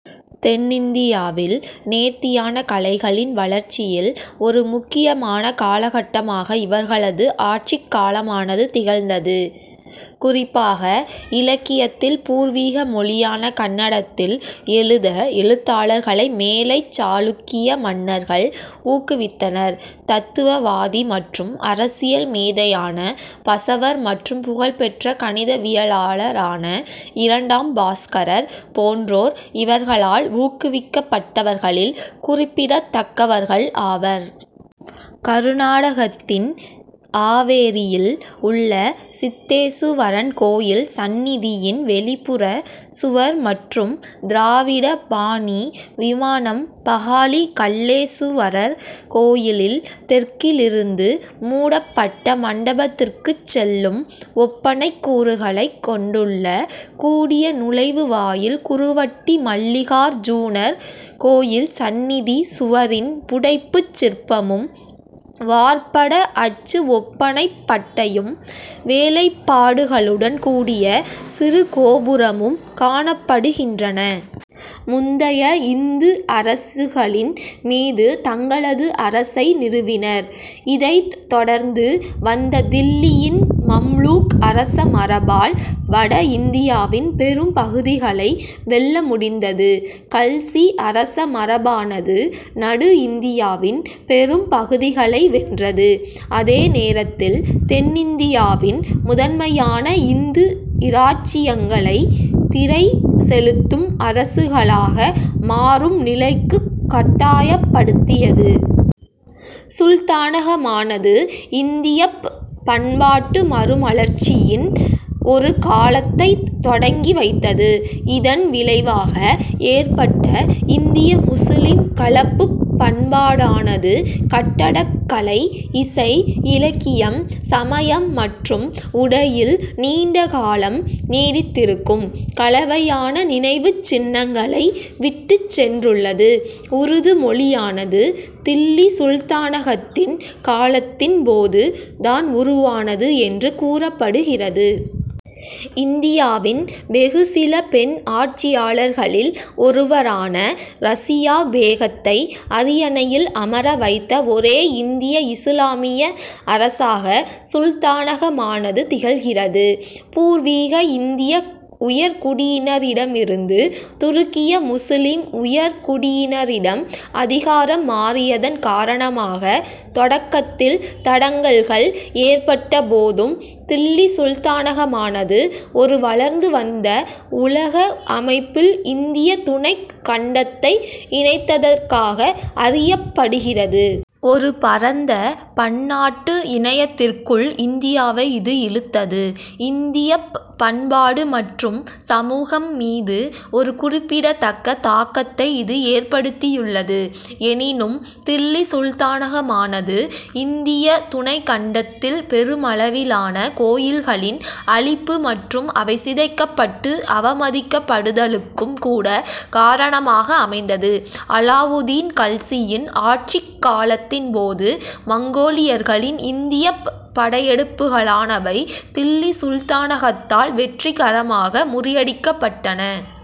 தென்னிந்தியாவில் நேர்த்தியான கலைகளின் வளர்ச்சியில் ஒரு முக்கியமான காலகட்டமாக இவர்களது ஆட்சிக் காலமானது திகழ்ந்தது. குறிப்பாக இலக்கியத்தில், பூர்வீக மொழியான கன்னடத்தில் எழுத எழுத்தாளர்களை மேலைச் சாளுக்கிய மன்னர்கள் ஊக்குவித்தனர். தத்துவவாதி மற்றும் அரசியல் மேதையான பசவர் மற்றும் புகழ்பெற்ற கணிதவியலாளரான இரண்டாம் பாஸ்கரர் போன்றோர் இவர்களால் ஊக்குவிக்கப்பட்டவர்களில் குறிப்பிடத்தக்கவர்கள் ஆவர். கருநாடகத்தின் ஆவேரியில் உள்ள சித்தேசுவரன் கோயில் சன்னிதியின் வெளிப்புற சுவர் மற்றும் "திராவிட" பாணி விமானம் பகாலி கல்லேசுவரர் கோயிலில் தெற்கிலிருந்து மூடப்பட்ட மண்டபத்திற்குச் செல்லும் ஒப்பனைக் கூறுகளைக் கொண்டுள்ள கூடிய நுழைவு வாயில் குருவட்டி மல்லிகார்ஜுனர் கோயில் சன்னிதி சுவரின் புடைப்புச் சிற்பமும், வார்ப்பட அச்சு ஒப்பனைப் பட்டையும், வேலைப்பாடுகளுடன் கூடிய சிறு கோபுரமும் காணப்படுகின்றன. முந்தைய இந்து அரசுகளின் மீது தங்களது அரசை நிறுவினர். இதைத் தொடர்ந்து வந்த தில்லியின் மம்லூக் அரசமரபால் வட இந்தியாவின் பெரும் பகுதிகளை வெல்ல முடிந்தது. கல்சி அரசமரபானது நடு இந்தியாவின் பெரும் பகுதிகளை வென்றது. அதே நேரத்தில், தென்னிந்தியாவின் முதன்மையான இந்து இராச்சியங்களை திறை செலுத்தும் அரசுகளாக மாறும் நிலைக்குக் கட்டாயப்படுத்தியது. சுல்தானகமானது இந்தியப் பண்பாட்டு மறுமலர்ச்சியின் ஒரு காலத்தைத் தொடங்கி வைத்தது. இதன் விளைவாக ஏற்பட்ட "இந்திய-முசுலிம்" கலப்புப் பண்பாடானது கட்டடக்கலை, இசை, இலக்கியம், சமயம் மற்றும் உடையில் நீண்ட காலம் நீடித்திருக்கும் கலவையான நினைவுச் சின்னங்களை விட்டுச் சென்றுள்ளது. உருது மொழியானது தில்லி சுல்தானகத்தின் காலத்தின் போது தான் உருவானது என்று கூறப்படுகிறது. இந்தியாவின் வெகு சில பெண் ஆட்சியாளர்களில் ஒருவரான ரசியா பேகத்தை அரியணையில் அமர வைத்த ஒரே இந்திய இசுலாமிய அரசாக சுல்தானகமானது திகழ்கிறது. பூர்வீக இந்திய உயர்குடியினரிடமிருந்து துருக்கிய முசுலிம் உயர்குடியினரிடம் அதிகாரம் மாறியதன் காரணமாக தொடக்கத்தில் தடங்கல்கள் ஏற்பட்ட போதும் தில்லி சுல்தானகமானது ஒரு வளர்ந்து வந்த உலக அமைப்பில் இந்திய துணைக் கண்டத்தை இணைத்ததற்காக அறியப்படுகிறது. ஒரு பரந்த பன்னாட்டு இணையத்திற்குள் இந்தியாவை இது இழுத்தது. இந்தியப் பண்பாடு மற்றும் சமூகம் மீது ஒரு குறிப்பிடத்தக்க தாக்கத்தை இது ஏற்படுத்தியுள்ளது. எனினும், தில்லி சுல்தானகமானது இந்திய துணைக்கண்டத்தில் பெருமளவிலான கோயில்களின் அழிப்பு மற்றும் அவை சிதைக்கப்பட்டு அவமதிக்கப்படுதலுக்கும் கூட காரணமாக அமைந்தது. அலாவுதீன் கல்சியின் ஆட்சிக் காலத்தின் போது மங்கோலியர்களின் இந்தியப் படையெடுப்புகளானவை தில்லி சுல்தானகத்தால் வெற்றிகரமாக முறியடிக்கப்பட்டன.